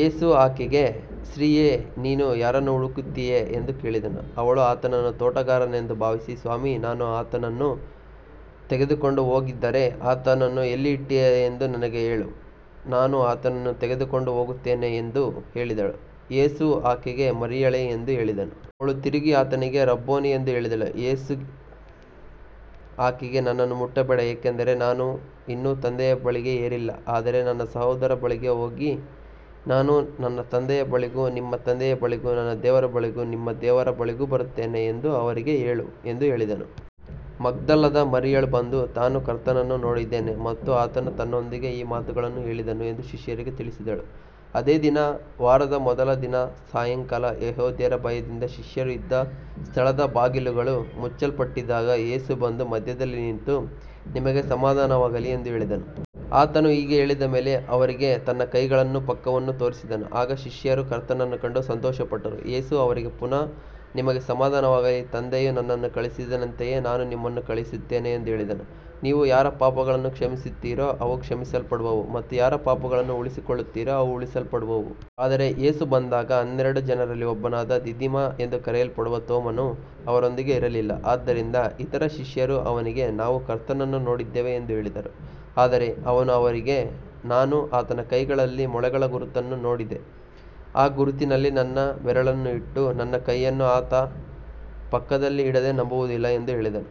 ಯೇಸು ಆಕೆಗೆ, ಸ್ತ್ರೀಯೇ, ನೀನು ಯಾರನ್ನು ಹುಡುಕುತ್ತೀಯೆ ಎಂದು ಕೇಳಿದನು. ಅವಳು ಆತನನ್ನು ತೋಟಗಾರನೆಂದು ಭಾವಿಸಿ, ಸ್ವಾಮಿ, ನೀನು ಆತನನ್ನು ತೆಗೆದುಕೊಂಡು ಹೋಗಿದ್ದರೆ, ಆತನನ್ನು ಎಲ್ಲಿ ಇಟ್ಟಿದ್ದೀಯೆಂದು ನನಗೆ ಹೇಳು, ನಾನು ಆತನನ್ನು ತೆಗೆದುಕೊಂಡು ಹೋಗುತ್ತೇನೆ ಎಂದು ಹೇಳಿದಳು. ಯೇಸು ಆಕೆಗೆ, ಮರಿಯಳೇ ಎಂದು ಹೇಳಿದನು. ಅವಳು ತಿರುಗಿ ಆತನಿಗೆ, ರಬ್ಬೋನಿ ಎಂದು ಹೇಳಿದಳು. ಯೇಸು ಆಕೆಗೆ, ನನ್ನನ್ನು ಮುಟ್ಟಬೇಡ, ಏಕೆಂದರೆ ನಾನು ಇನ್ನೂ ತಂದೆಯ ಬಳಿಗೆ ಏರಿಲ್ಲ. ಆದರೆ ನನ್ನ ಸಹೋದರರ ಬಳಿಗೆ ಹೋಗಿ, ನಾನು ನನ್ನ ತಂದೆಯ ಬಳಿಗೂ ನಿಮ್ಮ ತಂದೆಯ ಬಳಿಗೂ, ನನ್ನ ದೇವರ ಬಳಿಗೂ ನಿಮ್ಮ ದೇವರ ಬಳಿಗೂ ಏರುತ್ತೇನೆ ಎಂದು ಅವರಿಗೆ ಹೇಳು ಎಂದು ಹೇಳಿದನು. ಮಗ್ದಲದ ಮರಿಯಳು ಬಂದು, ತಾನು ಕರ್ತನನ್ನು ನೋಡಿದ್ದೇನೆ ಮತ್ತು ಆತನು ತನ್ನೊಂದಿಗೆ ಈ ಮಾತುಗಳನ್ನು ಹೇಳಿದನು ಎಂದು ಶಿಷ್ಯರಿಗೆ ತಿಳಿಸಿದಳು. ಅದೇ ದಿನ, ವಾರದ ಮೊದಲ ದಿನದ ಸಾಯಂಕಾಲ, ಯೆಹೂದ್ಯರ ಭಯದಿಂದ ಶಿಷ್ಯರು ಇದ್ದ ಸ್ಥಳದ ಬಾಗಿಲುಗಳು ಮುಚ್ಚಲ್ಪಟ್ಟಿದ್ದಾಗ, ಯೇಸು ಬಂದು ಮಧ್ಯದಲ್ಲಿ ನಿಂತು, ನಿಮಗೆ ಸಮಾಧಾನವಾಗಲಿ ಎಂದು ಹೇಳಿದನು. ಆತನು ಹೀಗೆ ಹೇಳಿದ ಮೇಲೆ ಅವರಿಗೆ ತನ್ನ ಕೈಗಳನ್ನೂ ಪಕ್ಕವನ್ನೂ ತೋರಿಸಿದನು. ಆಗ ಶಿಷ್ಯರು ಕರ್ತನನ್ನು ಕಂಡು ಸಂತೋಷಪಟ್ಟರು. ಯೇಸು ಅವರಿಗೆ ಪುನಃ, ನಿಮಗೆ ಸಮಾಧಾನವಾಗಲಿ, ತಂದೆಯು ನನ್ನನ್ನು ಕಳುಹಿಸಿದಂತೆಯೇ ನಾನು ನಿಮ್ಮನ್ನು ಕಳುಹಿಸುತ್ತೇನೆ ಎಂದು ಹೇಳಿದನು. ನೀವು ಯಾರ ಪಾಪಗಳನ್ನು ಕ್ಷಮಿಸುತ್ತೀರೋ ಅವು ಕ್ಷಮಿಸಲ್ಪಡುವವು, ಮತ್ತು ಯಾರ ಪಾಪಗಳನ್ನು ಉಳಿಸಿಕೊಳ್ಳುತ್ತೀರೋ ಅವು ಉಳಿಸಲ್ಪಡುವವು. ಆದರೆ ಯೇಸು ಬಂದಾಗ ಹನ್ನೆರಡು ಜನರಲ್ಲಿ ಒಬ್ಬನಾದ ದಿದಿಮ ಎಂದು ಕರೆಯಲ್ಪಡುವ ತೋಮನು ಅವರೊಂದಿಗೆ ಇರಲಿಲ್ಲ. ಆದ್ದರಿಂದ ಇತರ ಶಿಷ್ಯರು ಅವನಿಗೆ, ನಾವು ಕರ್ತನನ್ನು ನೋಡಿದ್ದೇವೆ ಎಂದು ಹೇಳಿದರು. ಆದರೆ ಅವನು ಅವರಿಗೆ, ನಾನು ಆತನ ಕೈಗಳಲ್ಲಿ ಮೊಳೆಗಳ ಗುರುತನ್ನು ನೋಡದೆ, ಆ ಗುರುತಿನಲ್ಲಿ ನನ್ನ ಬೆರಳನ್ನು ಇಟ್ಟು, ನನ್ನ ಕೈಯನ್ನು ಆತನ ಪಕ್ಕದಲ್ಲಿ ಇಡದೆ ನಂಬುವುದಿಲ್ಲ ಎಂದು ಹೇಳಿದನು.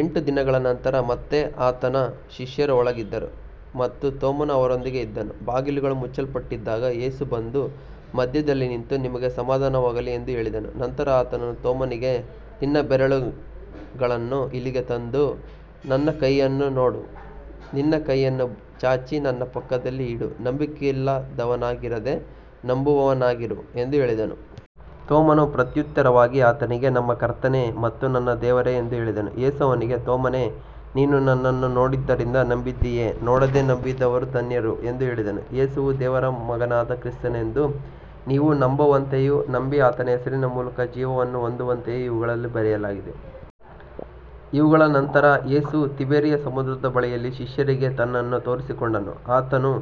ಎಂಟು ದಿನಗಳ ನಂತರ ಮತ್ತೆ ಆತನ ಶಿಷ್ಯರು ಒಳಗಿದ್ದರು ಮತ್ತು ತೋಮನು ಅವರೊಂದಿಗೆ ಇದ್ದನು. ಬಾಗಿಲುಗಳು ಮುಚ್ಚಲ್ಪಟ್ಟಿದ್ದಾಗ ಯೇಸು ಬಂದು ಮಧ್ಯದಲ್ಲಿ ನಿಂತು, ನಿಮಗೆ ಸಮಾಧಾನವಾಗಲಿ ಎಂದು ಹೇಳಿದನು. ನಂತರ ಆತನು ತೋಮನಿಗೆ, ನಿನ್ನ ಬೆರಳನ್ನು ಇಲ್ಲಿಗೆ ತಂದು ನನ್ನ ಕೈಗಳನ್ನು ನೋಡು, ನಿನ್ನ ಕೈಯನ್ನು ಚಾಚಿ ನನ್ನ ಪಕ್ಕದಲ್ಲಿ ಇಡು, ನಂಬಿಕೆಯಿಲ್ಲದವನಾಗಿರದೆ ನಂಬುವವನಾಗಿರು ಎಂದು ಹೇಳಿದನು. ತೋಮನು ಪ್ರತ್ಯುತ್ತರವಾಗಿ ಆತನಿಗೆ, ನನ್ನ ಕರ್ತನೇ ಮತ್ತು ನನ್ನ ದೇವರೇ ಎಂದು ಹೇಳಿದನು. ಯೇಸು ಅವನಿಗೆ, ತೋಮನೇ, ನೀನು ನನ್ನನ್ನು ನೋಡಿದ್ದರಿಂದ ನಂಬಿದ್ದೀಯೆ. ನೋಡದೆ ನಂಬಿದವರು ಧನ್ಯರು ಎಂದು ಹೇಳಿದನು. ಯೇಸುವು ದೇವರ ಮಗನಾದ ಕ್ರಿಸ್ತನೆಂದು ನೀವು ನಂಬುವಂತೆಯೂ, ನಂಬಿ ಆತನ ಹೆಸರಿನ ಮೂಲಕ ಜೀವವನ್ನು ಹೊಂದುವಂತೆಯೂ ಇವುಗಳನ್ನು ಬರೆಯಲಾಗಿದೆ. ಇವುಗಳ ನಂತರ ಯೇಸು ತಿಬೇರಿಯ ಸಮುದ್ರದ ಬಳಿಯಲ್ಲಿ ಶಿಷ್ಯರಿಗೆ ಮತ್ತೆ ತನ್ನನ್ನು ತೋರಿಸಿಕೊಂಡನು. ಆತನು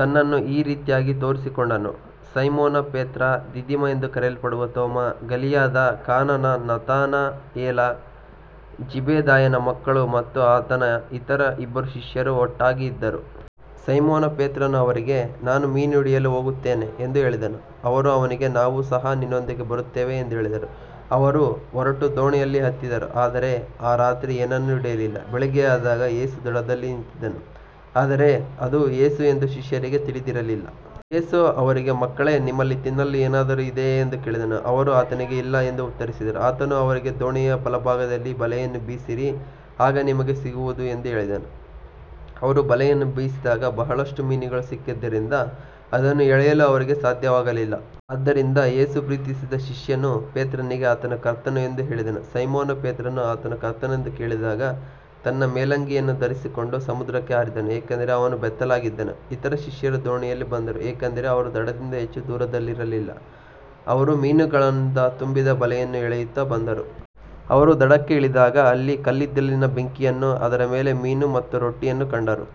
ತನ್ನನ್ನು ಈ ರೀತಿಯಾಗಿ ತೋರಿಸಿಕೊಂಡನು. ಸೈಮೋನ ಪೇತ್ರ, ದಿದಿಮ ಎಂದು ಕರೆಯಲ್ಪಡುವ ತೋಮ, ಗಲಿಲಾಯದ ಕಾನಾದ ನತಾನಯೇಲ, ಜೆಬೆದಾಯನ ಮಕ್ಕಳು ಮತ್ತು ಆತನ ಇತರ ಇಬ್ಬರು ಶಿಷ್ಯರು ಒಟ್ಟಾಗಿ ಇದ್ದರು. ಸೈಮೋನ ಪೇತ್ರನು ಅವರಿಗೆ, ನಾನು ಮೀನು ಹಿಡಿಯಲು ಹೋಗುತ್ತೇನೆ ಎಂದು ಹೇಳಿದನು. ಅವರು ಅವನಿಗೆ, ನಾವು ಸಹ ನಿನ್ನೊಂದಿಗೆ ಬರುತ್ತೇವೆ ಎಂದು ಹೇಳಿದರು. ಅವರು ಹೊರಟು ದೋಣಿಯನ್ನು ಹತ್ತಿದರು, ಆದರೆ ಆ ರಾತ್ರಿ ಏನನ್ನೂ ಹಿಡಿಯಲಿಲ್ಲ. ಬೆಳಿಗ್ಗೆಯಾದಾಗ ಯೇಸು ದಡದಲ್ಲಿ ನಿಂತಿದ್ದನು, ಆದರೆ ಅದು ಯೇಸು ಎಂದು ಶಿಷ್ಯರಿಗೆ ತಿಳಿದಿರಲಿಲ್ಲ. ಯೇಸು ಅವರಿಗೆ, ಮಕ್ಕಳೇ, ನಿಮ್ಮಲ್ಲಿ ತಿನ್ನಲು ಏನಾದರೂ ಇದೆಯೇ ಎಂದು ಕೇಳಿದನು. ಅವರು ಆತನಿಗೆ, ಇಲ್ಲ ಎಂದು ಉತ್ತರಿಸಿದರು. ಆತನು ಅವರಿಗೆ, ದೋಣಿಯ ಬಲಭಾಗದಲ್ಲಿ ಬಲೆಯನ್ನು ಬೀಸಿರಿ, ಆಗ ನಿಮಗೆ ಸಿಗುವುದು ಎಂದು ಹೇಳಿದನು. ಅವರು ಬಲೆಯನ್ನು ಬೀಸಿದಾಗ, ಬಹಳಷ್ಟು ಮೀನುಗಳು ಸಿಕ್ಕಿದ್ದರಿಂದ ಅದನ್ನು ಎಳೆಯಲು ಅವರಿಗೆ ಸಾಧ್ಯವಾಗಲಿಲ್ಲ. ಆದ್ದರಿಂದ ಯೇಸು ಪ್ರೀತಿಸಿದ ಶಿಷ್ಯನು ಪೇತ್ರನಿಗೆ, ಆತನು ಕರ್ತನು ಎಂದು ಹೇಳಿದನು. ಸೈಮೋನ ಪೇತ್ರನು ಆತನು ಕರ್ತನೆಂದು ಕೇಳಿದಾಗ, ತನ್ನ ಮೇಲಂಗಿಯನ್ನು ಧರಿಸಿಕೊಂಡು ಸಮುದ್ರಕ್ಕೆ ಹಾರಿದನು, ಏಕೆಂದರೆ ಅವನು ಬೆತ್ತಲಾಗಿದ್ದನು. ಇತರ ಶಿಷ್ಯರು ದೋಣಿಯಲ್ಲಿ ಬಂದರು, ಏಕೆಂದರೆ ಅವರು ದಡದಿಂದ ಹೆಚ್ಚು ದೂರದಲ್ಲಿರಲಿಲ್ಲ. ಅವರು ಮೀನುಗಳಿಂದ ತುಂಬಿದ ಬಲೆಯನ್ನು ಎಳೆಯುತ್ತಾ ಬಂದರು. ಅವರು ದಡಕ್ಕೆ ಇಳಿದಾಗ ಅಲ್ಲಿ ಕಲ್ಲಿದ್ದಲಿನ ಬೆಂಕಿಯನ್ನೂ ಅದರ ಮೇಲೆ ಮೀನು ಮತ್ತು ರೊಟ್ಟಿಯನ್ನೂ ಕಂಡರು.